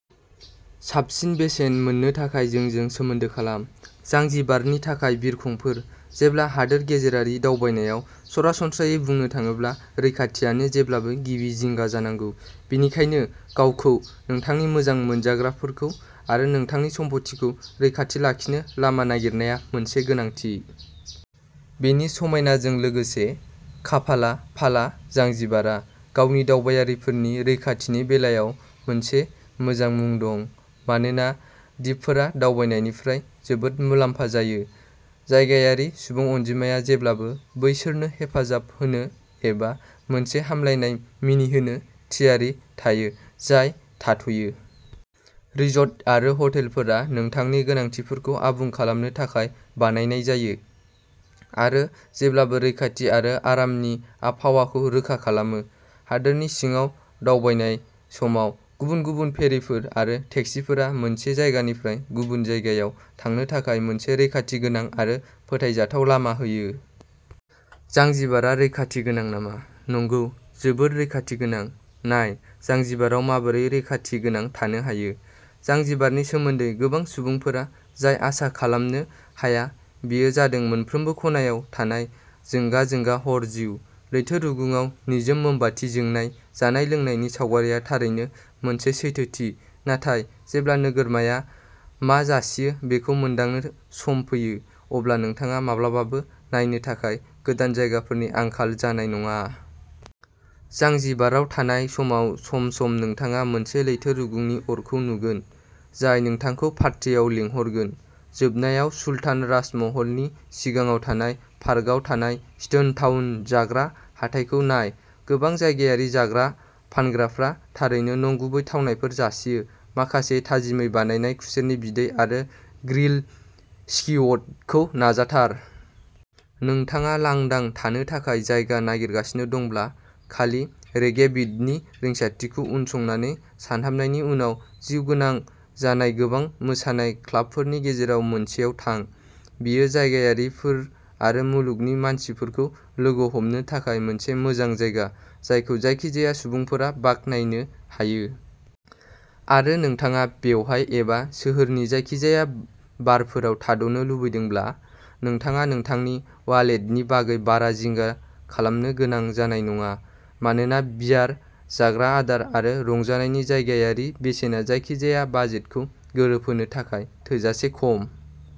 साबसिन बेसेन मोननो थाखाय जोंजों सोमोन्दो खालाम। जांजिबारनि थाखाय बिरखंफोर। जेब्ला हादोर गेजेरारि दावबायनायाव, सरासनस्रायै बुंनो थाङोब्ला, रैखाथिानो जेब्लाबो गिबि जिंगा जानांगौ। बेनिखायनो गावखौ, नोंथांनि मोजां मोनजाग्राफोरखौ आरो नोंथांनि सम्फथिखौ रैखाथि लाखिनो लामा नागिरनाया मोनसे गोनांथि। बेनि समायनाजों लोगोसे, खाफालाफाला जांजिबारा गावनि दावबायारिफोरनि रैखाथिनि बेलायाव मोनसे मोजां मुं दं। मानोना दिपफोरा दावबायनायनिफ्राय जोबोद मुलाम्फा जायो, जायगायारि सुबुं अनजिमाया जेब्लाबो बैसोरनो हेफाजाब होनो एबा मोनसे हामलायनाय मिनिहोनो थियारि थायो, जाय थाथ'यो। रिसर्ट आरो हटेलफोरा नोंथांनि गोनांथिफोरखौ आबुं खालामनो थाखाय बानायनाय जायो, आरो जेब्लाबो रैखाथि आरो आरामनि आबहावाखौ रोखा खालामो। हादोरनि सिङाव दावबायनाय समाव, गुबुन गुबुन फेरिफोर आरो टेक्सिफोरा मोनसे जायगानिफ्राय गुबुन जायगायाव थांनो थाखाय मोनसे रैखाथिगोनां आरो फोथायजाथाव लामा होयो। जांजिबारा रैखाथि गोनां नामा? नंगौ, जोबोद रैखाथि गोनां। नायः जांजिबाराव माबोरै रैखाथि गोनां थानो हायो। जांजिबारनि सोमोन्दै गोबां सुबुंफोरा जाय आसा खालामनो हाया, बेयो जादों मोनफ्रोमबो खनायाव थानाय जोंगा-जोंगा हर जिउ। लैथो रुगुंआव निजोम मोमबाति जोंनाय जानाय-लोंनायनि सावगारिआ थारैनो मोनसे सैथोथि, नाथाय जेब्ला नोगोरमाया मा जासियो बेखौ मोनदांनो सम फैयो, अब्ला नोंथाङा माब्लाबाबो नायनो थाखाय गोदान जायगाफोरनि आंखाल जानाय नङा। जांजिबाराव थानाय समाव सम-सम नोंथाङा मोनसे लैथो रुगुंनि अरखौ नुगोन, जाय नोंथांखौ पार्टियाव लिंहरगोन। जोबनायाव, सुल्तान राजमहलनि सिगाङाव थानाय पार्कआव थानाय स्टोन टाउन जाग्रा हाथाइखौ नाय। गोबां जायगायारि जाग्रा फानग्राफ्रा थारैनो नंगुबै थावनायफोर जासियो-माखासे थाजिमै बानायनाय खुसेरनि बिदै आरो ग्रिल्ड स्क्विडखौ नाजाथार। नोंथाङा लांदां थानो थाखाय जायगा नागिरगासिनो दंब्ला, खालि रेगे बिटनि रिंसारथिखौ उनसंनानै सानहाबनायनि उनाव जिउगोनां जानाय गोबां मोसानाय क्लाबफोरनि गेजेराव मोनसेयाव थां। बेयो जायगायारिफोर आरो मुलुगनि मानसिफोरखौ लोगो हमनो थाखाय मोनसे मोजां जायगा, जायखौ जायखिजाया सुबुंफोरा बाखनायनो हायो। आरो नोंथाङा बेवहाय एबा सोहोरनि जायखिजाया बारफोराव थाद'नो लुबैदोंब्ला, नोंथाङा नोंथांनि वालेटनि बागै बारा जिंगा खालामनो गोनां जानाय नङा, मानोना बियार, जाग्रा आदार आरो रंजानायनि जायगायारि बेसेना जायखिजाया बाजेटखौ गोरोबहोनो थाखाय थोजासे खम।